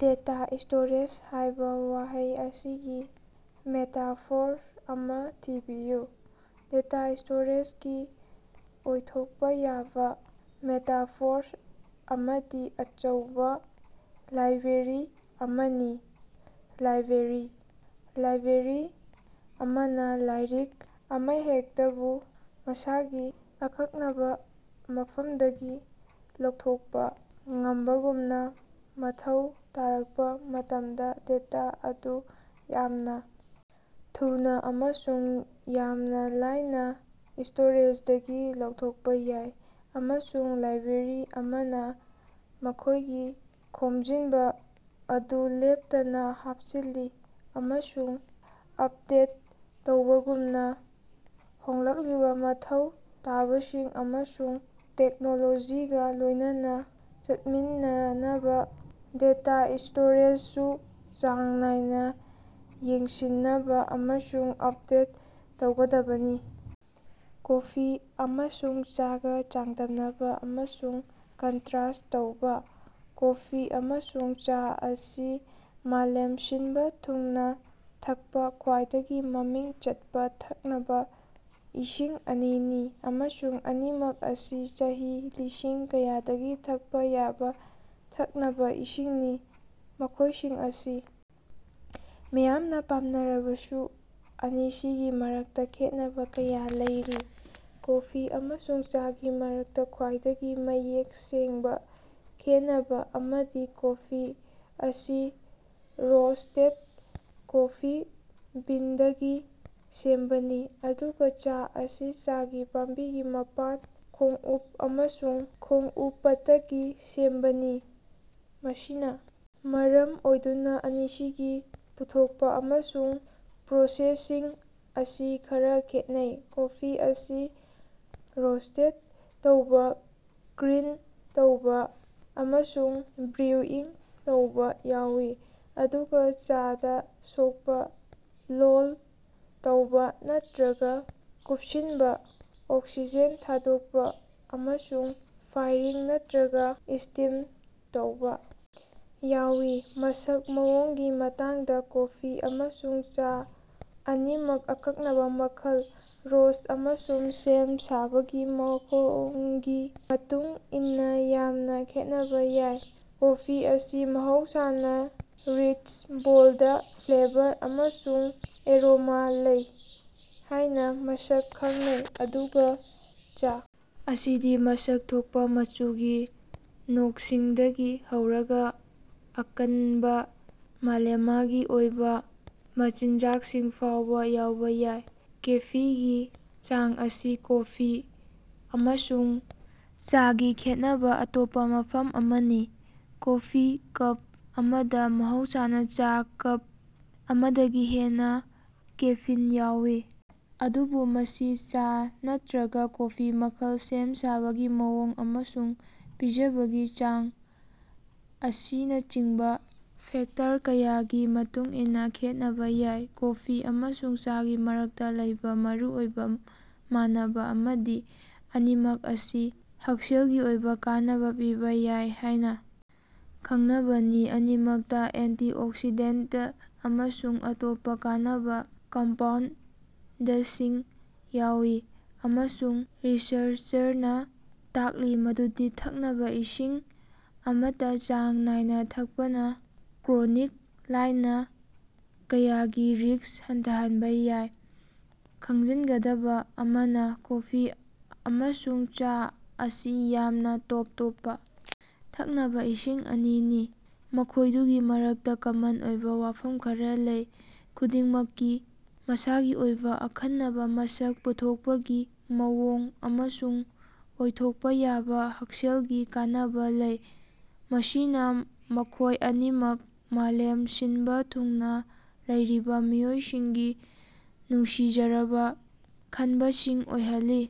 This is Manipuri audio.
"ꯗꯦꯇꯥ ꯁ꯭ꯇꯣꯔꯦꯖ" ꯍꯥꯏꯕ ꯋꯥꯍꯩ ꯑꯁꯤꯒꯤ ꯃꯦꯇꯥꯐꯣꯔ ꯑꯃꯥ ꯊꯤꯕꯤꯌꯨ꯫ "ꯗꯦꯇꯥ ꯁ꯭ꯇꯣꯔꯦꯖ"ꯒꯤ ꯑꯣꯏꯊꯣꯛꯄ ꯌꯥꯕ ꯃꯦꯇꯥꯐꯣꯔ ꯑꯃꯗꯤ ꯑꯆꯧꯕ ꯂꯥꯏꯕ꯭ꯔꯦꯔꯤ ꯑꯃꯅꯤ꯫ ꯂꯥꯏꯕ꯭ꯔꯦꯔꯤ꯫ ꯂꯥꯏꯕ꯭ꯔꯦꯔꯤ ꯑꯃꯅ ꯂꯥꯏꯔꯤꯛ ꯑꯃꯍꯦꯛꯇꯕꯨ ꯃꯁꯥꯒꯤ ꯑꯀꯛꯅꯕ ꯃꯐꯝꯗꯒꯤ ꯂꯧꯊꯣꯛꯄ ꯉꯝꯕꯒꯨꯝꯅ, ꯃꯊꯧ ꯇꯥꯔꯛꯄ ꯃꯇꯝꯗ ꯗꯦꯇꯥ ꯑꯗꯨ ꯌꯥꯝꯅ ꯊꯨꯅ ꯑꯃꯁꯨꯡ ꯌꯥꯝꯅ ꯂꯥꯏꯅ ꯁ꯭ꯇꯣꯔꯦꯖꯗꯒꯤ ꯂꯧꯊꯣꯛꯄ ꯌꯥꯏ꯫ ꯑꯃꯁꯨꯡ ꯂꯥꯏꯕ꯭ꯔꯦꯔꯤ ꯑꯃꯅ ꯃꯈꯣꯏꯒꯤ ꯈꯣꯝꯖꯤꯟꯕ ꯑꯗꯨ ꯂꯦꯞꯇꯅ ꯍꯥꯞꯆꯤꯜꯂꯤ ꯑꯃꯁꯨꯡ ꯑꯄꯗꯦꯠ ꯇꯧꯕꯒꯨꯝꯅ, ꯍꯣꯡꯂꯛꯂꯤꯕ ꯃꯊꯧ ꯇꯥꯕꯁꯤꯡ ꯑꯃꯁꯨꯡ ꯇꯦꯛꯅꯣꯂꯣꯖꯤꯒ ꯂꯣꯏꯅꯅ ꯆꯠꯃꯤꯟꯅꯅꯕ ꯗꯦꯇꯥ ꯁ꯭ꯇꯣꯔꯦꯖꯁꯨ ꯆꯥꯡ ꯅꯥꯏꯅ ꯌꯦꯡꯁꯤꯅꯕ ꯑꯃꯁꯨꯡ ꯑꯞꯗꯦꯠ ꯇꯧꯒꯗꯕꯅꯤ꯫ ꯀꯣꯐꯤ ꯑꯃꯁꯨꯡ ꯆꯥꯒ ꯆꯥꯡꯗꯝꯅꯕ ꯑꯃꯁꯨꯡ ꯀꯟꯇꯔꯁ꯭ꯠ ꯇꯧꯕ꯫ ꯀꯣꯐꯤ ꯑꯃꯁꯨꯡ ꯆꯥ ꯑꯁꯤ ꯃꯥꯂꯦꯝ ꯁꯤꯟꯕ ꯊꯨꯡꯅ ꯊꯛꯄ ꯈ꯭ꯋꯥꯏꯗꯒꯤ ꯃꯃꯤꯡ ꯆꯠꯄ ꯊꯛꯅꯕ ꯏꯁꯤꯡ ꯑꯅꯤꯅꯤ, ꯑꯃꯁꯨꯡ ꯑꯅꯤꯃꯛ ꯑꯁꯤ ꯆꯍꯤ ꯂꯤꯁꯤꯡ ꯀꯌꯥꯗꯒꯤ ꯊꯛꯄ ꯌꯥꯕ ꯊꯛꯅꯕ ꯏꯁꯤꯡꯅꯤ꯫ ꯃꯈꯣꯏꯁꯤꯡ ꯑꯁꯤ ꯃꯤꯌꯥꯝꯅ ꯄꯥꯝꯅꯔꯕꯁꯨ ꯑꯅꯤꯁꯤꯒꯤ ꯃꯔꯛꯇ ꯈꯦꯠꯅꯕ ꯀꯌꯥ ꯂꯩꯔꯤ꯫ ꯀꯣꯐꯤ ꯑꯃꯁꯨꯡ ꯆꯥꯒꯤ ꯃꯔꯛꯇ ꯈ꯭ꯋꯥꯏꯗꯒꯤ ꯃꯌꯦꯛ ꯁꯦꯡꯕ ꯈꯦꯟꯅꯕ ꯑꯃꯗꯤ ꯀꯣꯐꯤ ꯑꯁꯤ ꯔꯣꯁ꯭ꯇꯦꯗ ꯀꯣꯐꯤ ꯕꯤꯟꯗꯒꯤ ꯁꯦꯝꯕꯅꯤ, ꯑꯗꯨꯒ ꯆꯥ ꯑꯁꯤ ꯆꯥꯒꯤ ꯄꯥꯝꯕꯤꯒꯤ ꯃꯄꯥꯟ, ꯈꯣꯡꯎꯞ ꯑꯃꯁꯨꯡ ꯈꯣꯡꯎꯄꯇꯒꯤ ꯁꯦꯝꯕꯅꯤ꯫ ꯃꯁꯤꯅ ꯃꯔꯝ ꯑꯣꯏꯗꯨꯅ ꯑꯅꯤꯁꯤꯒꯤ ꯄꯨꯊꯣꯛꯄ ꯑꯃꯁꯨꯡ ꯄ꯭ꯔꯣꯁꯦꯁꯤꯡ ꯑꯁꯤ ꯈꯔ ꯈꯦꯠꯅꯩ: ꯀꯣꯐꯤ ꯑꯁꯤ ꯔꯣꯁ꯭ꯠ ꯇꯧꯕ, ꯒ꯭ꯔꯤꯟ ꯇꯧꯕ ꯑꯃꯁꯨꯡ ꯕ꯭ꯔꯨꯏꯪ ꯇꯧꯕ ꯌꯥꯎꯏ, ꯑꯗꯨꯒ ꯆꯥꯗ ꯁꯣꯛꯄ, ꯂꯣꯜ ꯇꯧꯕ ꯅꯠꯇꯔꯒ ꯀꯨꯞꯁꯤꯟꯕ, ꯑꯣꯛꯁꯤꯖꯦꯟ ꯊꯥꯗꯣꯛꯄ, ꯑꯃꯁꯨꯡ ꯐꯥꯏꯔꯤꯡ ꯅꯠꯇꯔꯒ ꯁ꯭ꯇꯤꯝ ꯇꯧꯕ ꯌꯥꯎꯏ꯫ ꯃꯁꯛ ꯃꯑꯣꯡꯒꯤ ꯃꯇꯥꯡꯗ, ꯀꯣꯐꯤ ꯑꯃꯁꯨꯡ ꯆꯥ ꯑꯅꯤꯃꯛ ꯑꯀꯛꯅꯕ ꯃꯈꯜ, ꯔꯣꯁ꯭ꯠ ꯑꯃꯁꯨꯡ ꯁꯦꯝ-ꯁꯥꯕꯒꯤ ꯃꯑꯣꯡꯒꯤ ꯃꯇꯨꯡ ꯏꯟꯅ ꯌꯥꯝꯅ ꯈꯦꯠꯅꯕ ꯌꯥꯏ꯫ ꯀꯣꯐꯤ ꯑꯁꯤ ꯃꯍꯧꯁꯥꯅ ꯔꯤꯆ, ꯕꯣꯜꯗ ꯐ꯭ꯂꯦꯕꯔ ꯑꯃꯁꯨꯡ ꯑꯦꯔꯣꯃꯥ ꯂꯩ ꯍꯥꯏꯅ ꯃꯁꯛ ꯈꯪꯅꯩ, ꯑꯗꯨꯒ ꯆꯥ ꯑꯁꯤꯗꯤ ꯃꯁꯛ ꯊꯣꯛꯄ, ꯃꯆꯨꯒꯤ ꯅꯣꯠꯁꯤꯡꯗꯒꯤ ꯍꯧꯔꯒ ꯑꯀꯟꯕ, ꯃꯥꯂꯦꯃꯒꯤ ꯑꯣꯏꯕ ꯃꯆꯤꯟꯖꯥꯛꯁꯤꯡ ꯐꯥꯎꯕ ꯌꯥꯎꯕ ꯌꯥꯏ꯫ ꯀꯦꯐꯤꯒꯤ ꯆꯥꯡ ꯑꯁꯤ ꯀꯣꯐꯤ ꯑꯃꯁꯨꯡ ꯆꯥꯒꯤ ꯈꯦꯠꯅꯕ ꯑꯇꯣꯞꯄ ꯃꯐꯝ ꯑꯃꯅꯤ꯫ ꯀꯣꯐꯤ ꯀꯞ ꯑꯃꯗ ꯃꯍꯧꯁꯥꯅ ꯆꯥ ꯀꯞ ꯑꯃꯗꯒꯤ ꯍꯦꯟꯅ ꯀꯦꯐꯤꯟ ꯌꯥꯎꯏ, ꯑꯗꯨꯕꯨ ꯃꯁꯤ ꯆꯥ ꯅꯠꯇꯔꯒ ꯀꯣꯐꯤ ꯃꯈꯜ, ꯁꯦꯝ-ꯁꯥꯕꯒꯤ ꯃꯑꯣꯡ ꯑꯃꯁꯨꯡ ꯄꯤꯖꯕꯒꯤ ꯆꯥꯡ ꯑꯁꯤꯅꯆꯤꯡꯕ ꯐꯦꯛꯇꯔ ꯀꯌꯥꯒꯤ ꯃꯇꯨꯡꯏꯟꯅꯥ ꯈꯦꯠꯅꯕ ꯌꯥꯏ꯫ ꯀꯣꯐꯤ ꯑꯃꯁꯨꯡ ꯆꯥꯒꯤ ꯃꯔꯛꯇ ꯂꯩꯕꯥ ꯃꯔꯨꯑꯣꯏꯕ ꯃꯥꯟꯅꯕ ꯑꯃꯗꯤ ꯑꯅꯤꯃꯛ ꯑꯁꯤ ꯍꯛꯁꯦꯂꯒꯤ ꯑꯣꯏꯕ ꯀꯥꯟꯅꯕ ꯄꯤꯕ ꯌꯥꯏ ꯍꯥꯏꯅ ꯈꯪꯅꯕꯅꯤ꯫ ꯑꯅꯤꯃꯛꯇ ꯑꯦꯟꯇꯤꯑꯣꯛꯁꯤꯗꯦꯟꯇ ꯑꯃꯁꯨꯡ ꯑꯇꯣꯞꯄ ꯀꯥꯟꯅꯕ ꯀꯝꯄꯥꯎꯟꯗꯁꯤꯡ ꯌꯥꯎꯏ ꯑꯃꯁꯨꯡ ꯔꯤꯁꯔ꯭ꯆꯅ ꯇꯥꯛꯂꯤ ꯃꯗꯨꯗꯤ ꯊꯛꯅꯕ ꯏꯁꯤꯡ ꯑꯃꯠꯇ ꯆꯥꯡ ꯅꯥꯏꯅ ꯊꯛꯄꯅ ꯀ꯭ꯔꯣꯅꯤꯛ ꯂꯥꯏꯅ ꯀꯌꯥꯒꯤ ꯔꯤꯁ꯭ꯛ ꯍꯟꯊꯍꯟꯕ ꯌꯥꯏ꯫ ꯈꯪꯖꯤꯟꯒꯗꯕ ꯑꯃꯅ, ꯀꯣꯐꯤ ꯑꯃꯁꯨꯡ ꯆꯥ ꯑꯁꯤ ꯌꯥꯝꯅ ꯇꯣꯞ ꯇꯣꯞꯄ ꯊꯛꯅꯕꯥ ꯏꯁꯤꯡ ꯑꯅꯤꯅꯤ, ꯃꯈꯣꯏꯗꯨꯒꯤ ꯃꯔꯛꯇ ꯀꯃꯟ ꯑꯣꯏꯕ ꯋꯥꯐꯝ ꯈꯔ ꯂꯩ꯫ ꯈꯨꯗꯤꯡꯃꯛꯀꯤ ꯃꯁꯥꯒꯤ ꯑꯣꯏꯕ ꯑꯈꯟꯅꯕ ꯃꯁꯛ, ꯄꯨꯊꯣꯛꯄꯒꯤ ꯃꯑꯣꯡ, ꯑꯃꯁꯨꯡ ꯑꯣꯏꯊꯣꯛꯄ ꯌꯥꯕ ꯍꯛꯁꯦꯜꯒꯤ ꯀꯥꯟꯅꯕ ꯂꯩ, ꯃꯁꯤꯅ ꯃꯈꯣꯏ ꯑꯅꯤꯃꯛ ꯃꯥꯂꯦꯝ ꯁꯤꯟꯕ ꯊꯨꯡꯅ ꯂꯩꯔꯤꯕ ꯃꯤꯑꯣꯏꯁꯤꯡꯒꯤ ꯅꯨꯡꯁꯤꯖꯔꯕ ꯈꯟꯕꯁꯤꯡ ꯑꯣꯏꯍꯜꯂꯤ꯫